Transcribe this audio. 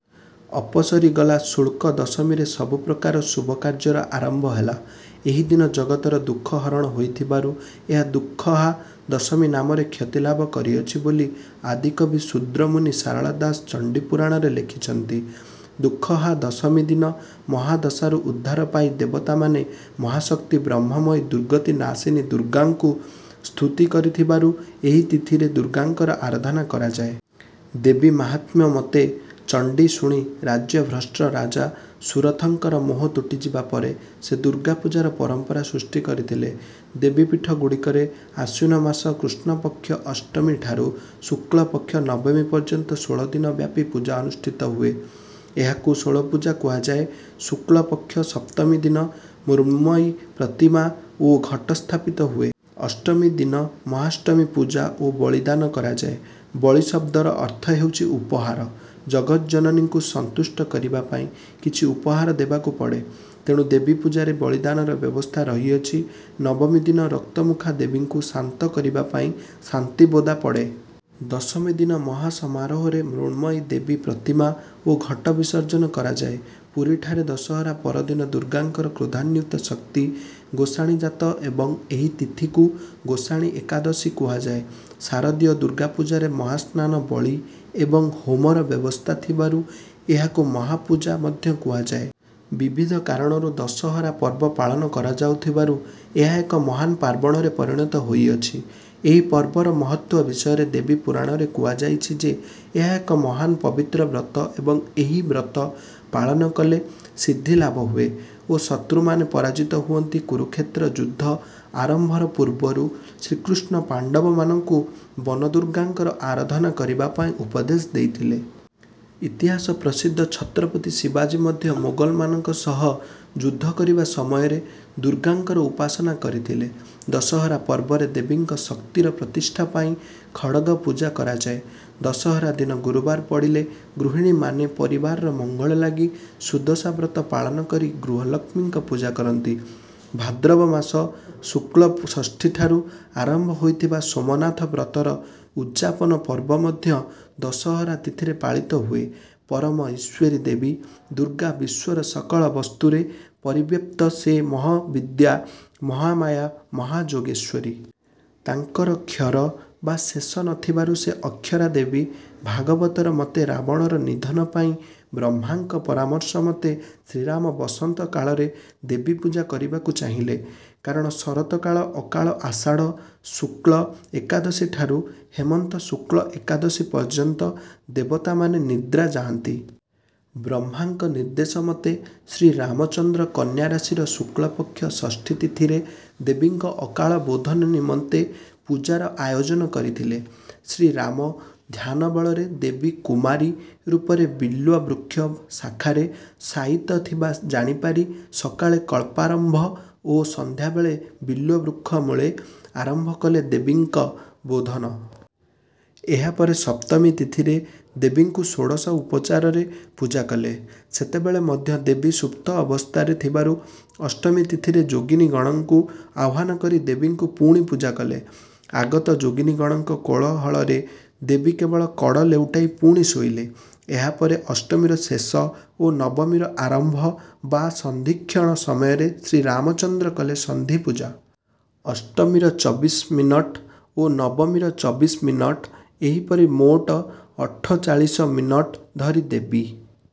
ଅପସରି ଗଲା ଶୁକ୍ଳ ଦଶମୀରେ ସବୁପ୍ରକାର ଶୁଭକାର୍ଯ୍ୟର ଆରମ୍ଭ ହେଲା। ଏହିଦିନ ଜଗତର ଦୁଃଖ ହରଣ ହୋଇଥିବାରୁ ଏହା ଦୁଃଖହା ଦଶମୀ ନାମରେ ଖ୍ୟାତି ଲାଭ କରିଅଛି ବୋଲି ଆଦିକବି ଶୂଦ୍ରମୁନି ସାରଳା ଦାସ ଚଣ୍ଡୀପୁରାଣରେ ଲେଖିଛନ୍ତି। ଦୁଃଖହା ଦଶମୀ ଦିନ ମହାଦଶାରୁ ଉଦ୍ଧାର ପାଇ ଦେବତାମାନେ ମହାଶକ୍ତି ବ୍ରହ୍ମମୟୀ ଦୁର୍ଗତିନାଶିନୀ ଦୁର୍ଗାଙ୍କୁ ସ୍ତୁତି କରିଥିବାରୁ ଏହି ତିଥିରେ ଦୁର୍ଗାଙ୍କର ଆରାଧନା କରାଯାଏ। ଦେବୀ ମାହାତ୍ମ୍ୟ ମତେ ଚଣ୍ଡୀ ଶୁଣି ରାଜ୍ୟଭ୍ରଷ୍ଟ ରାଜା ସୁରଥଙ୍କର ମୋହ ତୁଟିଯିବା ପରେ ସେ ଦୁର୍ଗାପୂଜାର ପରମ୍ପରା ସୃଷ୍ଟି କରିଥିଲେ। ଦେବୀପୀଠଗୁଡ଼ିକରେ ଆଶ୍ୱିନ ମାସ କୃଷ୍ଣପକ୍ଷ ଅଷ୍ଟମୀଠାରୁ ଶୁକ୍ଳପକ୍ଷ ନବମୀ ପର୍ଯ୍ୟନ୍ତ ଷୋଳଦିନ ବ୍ୟାପୀ ପୂଜା ଅନୁଷ୍ଠିତ ହୁଏ। ଏହାକୁ ଷୋଳପୂଜା କୁହାଯାଏ। ଶୁକ୍ଳପକ୍ଷ ସପ୍ତମୀ ଦିନ ମୃଣ୍ମୟୀ ପ୍ରତିମା ଓ ଘଟ ସ୍ଥାପିତ ହୁଏ। ଅଷ୍ଟମୀଦିନ ମହାଷ୍ଟମୀ ପୂଜା ଓ ବଳିଦାନ କରାଯାଏ। ବଳି ଶବ୍ଦର ଅର୍ଥ ହେଉଛି ଉପହାର। ଜଗତଜନନୀଙ୍କୁ ସନ୍ତୁଷ୍ଟ କରିବା ପାଇଁ କିଛି ଉପହାର ଦେବାକୁ ପଡେ। ତେଣୁ ଦେବୀପୂଜାରେ ବଳିଦାନର ବ୍ୟବସ୍ଥା ରହିଅଛି ନବମୀ ଦିନ ରକ୍ତମୁଖା ଦେବୀଙ୍କୁ ଶାନ୍ତ କରିବା ପାଇଁ ଶାନ୍ତି ବୋଦା ପଡେ। ଦଶମୀ ଦିନ ମହା ସମାରୋହରେ ମୃଣ୍ମୟୀ ଦେବୀ ପ୍ରତିମା ଓ ଘଟ ବିସର୍ଜନ କରାଯାଏ ପୁରୀଠାରେ ଦଶହରା ପରଦିନ ଦୁର୍ଗାଙ୍କର କ୍ରୋଧାନ୍ୱିତା ଶକ୍ତି ଗୋସାଣୀ ଯାତ ଏବଂ ଏହି ତିଥିକୁ ଗୋସାଣୀ ଏକାଦଶୀ କୁହାଯାଏ ଶାରଦୀୟ ଦୁର୍ଗାପୂଜାରେ ମହାସ୍ନାନ ବଳି ଏବଂ ହୋମର ବ୍ୟବସ୍ଥା ଥିବାରୁ ଏହାକୁ ମହାପୂଜା ମଧ୍ୟ କୁହାଯାଏ। ବିବିଧ କାରଣରୁ ଦଶହରା ପର୍ବ ପାଳନ କରାଯାଉଥିବାରୁ ଏହା ଏକ ମହାନ ପାର୍ବଣରେ ପରିଣତ ହୋଇଅଛି। ଏହି ପର୍ବର ମହତ୍ତ୍ୱ ବିଷୟରେ ଦେବୀ ପୁରାଣରେ କୁହାଯାଇଛି ଯେ ଏହା ଏକ ମହାନ ପବିତ୍ର ବ୍ରତ ଏବଂ ଏହି ବ୍ରତ ପାଳନ କଲେ ସିଦ୍ଧି ଲାଭ ହୁଏ ଓ ଶତ୍ରୁମାନେ ପରାଜିତ ହୁଅନ୍ତି କୁରୁକ୍ଷେତ୍ର ଯୁଦ୍ଧ ଆରମ୍ଭର ପୂର୍ବରୁ ଶ୍ରୀକୃଷ୍ଣ ପାଣ୍ଡବମାନଙ୍କୁ ବନଦୁର୍ଗାଙ୍କର ଆରାଧନା କରିବା ପାଇଁ ଉପଦେଶ ଦେଇଥିଲେ। ଇତିହାସ ପ୍ରସିଦ୍ଧ ଛତ୍ରପତି ଶିବାଜୀ ମଧ୍ୟ ମୋଗଲମାନଙ୍କ ସହ ଯୁଦ୍ଧ କରିବା ସମୟରେ ଦୁର୍ଗାଙ୍କର ଉପାସନା କରିଥିଲେ ଦଶହରା ପର୍ବରେ ଦେବୀଙ୍କ ଶକ୍ତିର ପ୍ରତିଷ୍ଠା ପାଇଁ ଖଡ଼ଗ ପୂଜା କରାଯାଏ ଦଶହରା ଦିନ ଗୁରୁବାର ପଡ଼ିଲେ ଗୃହିଣୀମାନେ ପରିବାରର ମଙ୍ଗଳ ଲାଗି ସୁଦଶାବ୍ରତ ପାଳନ କରି ଗୃହଲକ୍ଷ୍ମୀଙ୍କ ପୂଜା କରନ୍ତି ଭାଦ୍ରବ ମାସ ଶୁକ୍ଳ ଷଷ୍ଠୀଠାରୁ ଆରମ୍ଭ ହୋଇଥିବା ସୋମନାଥ ବ୍ରତର ଉଦ୍ ଯାପନ ପର୍ବ ମଧ୍ୟ ଦଶହରା ତିଥିରେ ପାଳିତ ହୁଏ ପରମ ଈଶ୍ୱରୀ ଦେବୀ ଦୁର୍ଗା ବିଶ୍ୱର ସକଳ ବସ୍ତୁରେ ପରିବ୍ୟାପ୍ତ ସେ ମହାବିଦ୍ୟା ମହାମାୟା ମହାଯୋଗେଶ୍ୱରୀ। ତାଙ୍କର କ୍ଷର ବା ଶେଷ ନଥିବାରୁ ସେ ଅକ୍ଷରା ଦେବୀ ଭାଗବତର ମତେ ରାବଣର ନିଧନ ପାଇଁ ବ୍ରହ୍ମାଙ୍କ ପରାମର୍ଶ ମତେ ଶ୍ରୀରାମ ବସନ୍ତ କାଳରେ ଦେବୀପୂଜା କରିବାକୁ ଚାହିଁଲେ। କାରଣ ଶରତକାଳ ଅକାଳ ଆଷାଢ଼ ଶୁକ୍ଳ ଏକାଦଶୀ ଠାରୁ ହେମନ୍ତ ଶୁକ୍ଳ ଏକାଦଶୀ ପର୍ଯ୍ୟନ୍ତ ଦେବତାମାନେ ନିଦ୍ରା ଯାଆନ୍ତି। ବ୍ରହ୍ମାଙ୍କ ନିର୍ଦ୍ଦେଶ ମତେ ଶ୍ରୀରାମଚନ୍ଦ୍ର କନ୍ୟାରାଶିର ଶୁକ୍ଳପକ୍ଷ ଷଷ୍ଠୀ ତିଥିରେ ଦେବୀଙ୍କ ଅକାଳ ବୋଧନ ନିମନ୍ତେ ପୂଜାର ଆୟୋଜନ କରିଥିଲେ। ଶ୍ରୀରାମ ଧ୍ୟାନ ବଳରେ ଦେବୀ କୁମାରୀ ରୂପରେ ବିଲ୍ୱବୃକ୍ଷ ଶାଖାରେ ଶାୟିତ ଥିବା ଜାଣିପାରି ସକାଳେ କଳ୍ପାରମ୍ଭ ଓ ସନ୍ଧ୍ୟାବେଳେ ବିଲ୍ୱବୃକ୍ଷମୂଳେ ଆରମ୍ଭ କଲେ ଦେବୀଙ୍କ୍ ବୋଧନ। ଏହାପରେ ସପ୍ତମୀ ତିଥିରେ ଦେବୀଙ୍କୁ ଷୋଡ଼ଶ ଉପଚାରରେ ପୂଜା କଲେ। ସେତେବେଳେ ମଧ୍ୟ ଦେବୀ ସୁପ୍ତ ଅବସ୍ଥାରେ ଥିବାରୁ ଅଷ୍ଟମୀ ତିଥିରେ ଯୋଗିନୀଗଣଙ୍କୁ ଆହ୍ୱାନ କରି ଦେବୀଙ୍କୁ ପୁଣି ପୂଜା କଲେ। ଆଗତ ଯୋଗିନୀଗଣଙ୍କ କୋଳହଳରେ ଦେବୀ କେବଳ କଡ଼ ଲେଉଟାଇ ପୁଣି ଶୋଇଲେ। ଏହା ପରେ ଅଷ୍ଟମୀର ଶେଷ ଓ ନବମୀର ଆରମ୍ଭ ବା ସନ୍ଧିକ୍ଷଣ ସମୟରେ ଶ୍ରୀରାମଚନ୍ଦ୍ର କଲେ ସନ୍ଧିପୂଜା। ଅଷ୍ଟମୀର ଚବିଶ ମିନଟ ଓ ନବମୀର ଚବିଶ ମିନଟ ଏହିପରି ମୋଟ ଅଠଚାଳିଶ ମିନଟ ଧରି ଦେବୀ